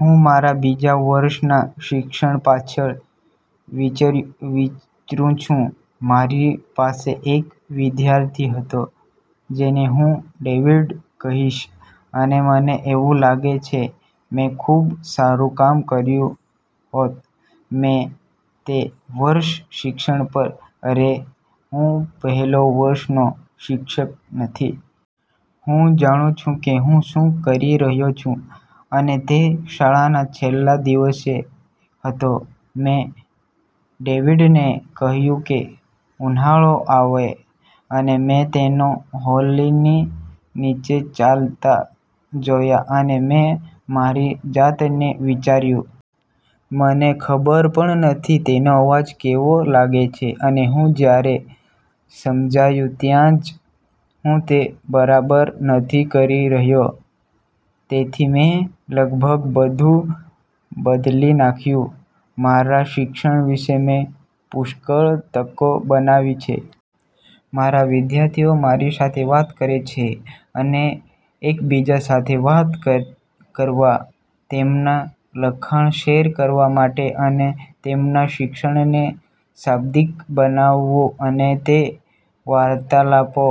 હું મારા બીજા વર્ષના શિક્ષણ પાછળ વિચરુંછું. મારી પાસે એક વિદ્યાર્થી હતો જેને હું ડેવિડ કહીશ, અને મને એવું લાગે છે મેં ખૂબ સારું કામ કર્યું હોત. તે વર્ષે શિક્ષણ પર અરે, હું પહેલો વર્ષનો શિક્ષક નથી. હું જાણું છું કે હું શું કરી રહ્યો છું અને તે શાળાના છેલ્લા દિવસે હતો, મેં ડેવિડને કહ્યું કે ઉનાળો આવે. અને મેં તેને હોલની નીચે ચાલતા જોયા અને મેં મારી જાતને વિચાર્યું. મને ખબર પણ નથી તેનો અવાજ કેવો લાગે છે અને હું જ્યારે સમજાયું ત્યારે જ હું તે બરાબર નથી કરી રહ્યો. તેથી મેં લગભગ બધું બદલી નાખ્યું. મારા શિક્ષણ વિશે મેં પુષ્કળ તકો બનાવી છે. મારા વિદ્યાર્થીઓ મારી સાથે વાત કરે છે અને એકબીજા સાથે વાત કરવા, તેમના લખાણ શેર કરવા માટે અને તેમના શિક્ષણને શાબ્દિક બનાવવું અને તે વાર્તાલાપો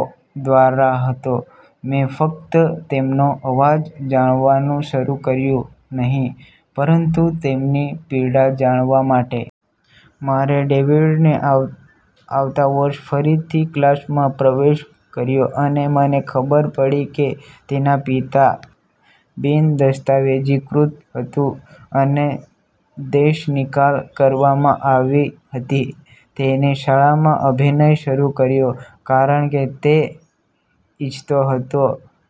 દ્વારા હતો મેં ફક્ત તેમનો અવાજ જાણવાનું શરૂ કર્યું નહીં, પરંતુ તેમની પીડા જાણવા માટે. મારે ડેવિડને આવતા વર્ષે ફરીથી ક્લાસમાં પ્રવેશ કર્યો અને મને ખબર પડી કે તેના પિતા બિનદસ્તાવેજીકૃત હતું અને દેશનિકાલ કરવામાં આવી હતી. તેણે શાળામાં અભિનય શરૂ કર્યો કારણ કે તે ઇચ્છતો હતો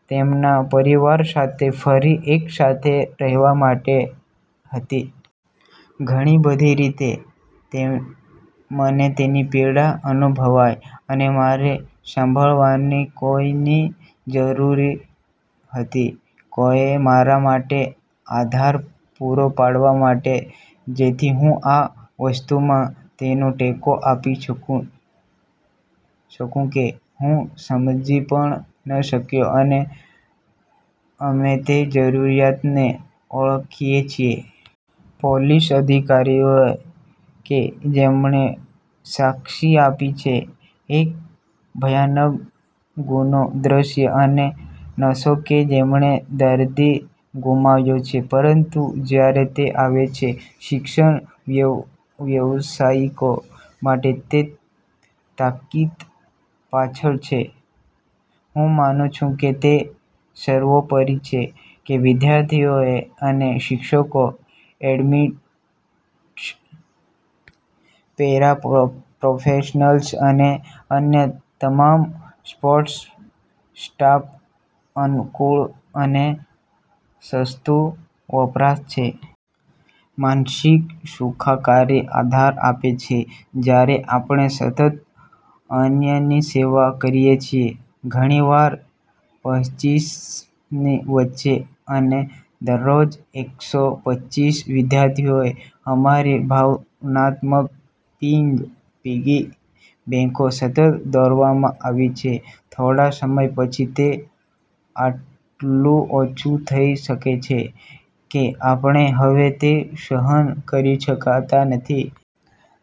તેમના પરિવાર સાથે ફરી એક સાથે રહેવા માટે હતી. ઘણી બધી રીતે, મને તેની પીડા અનુભવાઈ અને મારે સાંભળવાની કોઈની જરૂર હતી, કોઈએ મારા માટે આધાર પૂરો પાડવા માટે જેથી હું આ વસ્તુમાં તેનો ટેકો આપી શકું કે હું સમજી પણ ન શક્યો અને અમે તે જરૂરિયાતને ઓળખીએ છીએ. પોલીસ અધિકારીઓ કે જેમણે સાક્ષી આપી છે એક ભયાનક ગુનો દ્રશ્ય અને નર્સો કે જેમણે દર્દી ગુમાવ્યો છે. પરંતુ જ્યારે તે આવે છે શિક્ષણ વ્યવસાયિકો માટે, તે તાકીદ પાછળ છે. હું માનું છું કે તે સર્વોપરી છે કે વિદ્યાર્થીઓ અને શિક્ષકો, એડમિનિસ્ટ્રેટર્સ, પેરાપ્રોફેશનલ્સ અને અન્ય તમામ સપોર્ટ સ્ટાફ અનુકૂળ અને સસ્તું વપરાશ છે. માનસિક સુખાકારી આધાર આપે છે. જ્યારે આપણે સતત અન્યની સેવા કરીએ છીએ, ઘણીવાર પચ્ચીસની વચ્ચે અને દરરોજ એકસો પચ્ચીસ વિદ્યાર્થીઓ, અમારી ભાવનાત્મક પિગી બેંકો સતત દોરવામાં આવે છે. થોડા સમય પછી, તે આટલું ઓછું થઈ શકે છે, કે આપણે હવે તે સહન કરી શકતા નથી.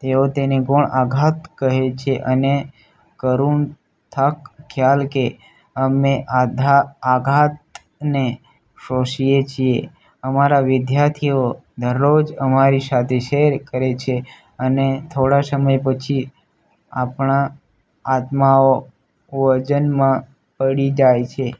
તેઓ તેને ગૌણ આઘાત કહે છે અને કરુણા થાક, ખ્યાલ કે અમે આઘાતને શોષીએ છીએ. અમારા વિદ્યાર્થીઓ દરરોજ અમારી સાથે શેર કરે છે અને થોડા સમય પછી, આપણા આત્માઓ વજનમાં પડી જાય છે.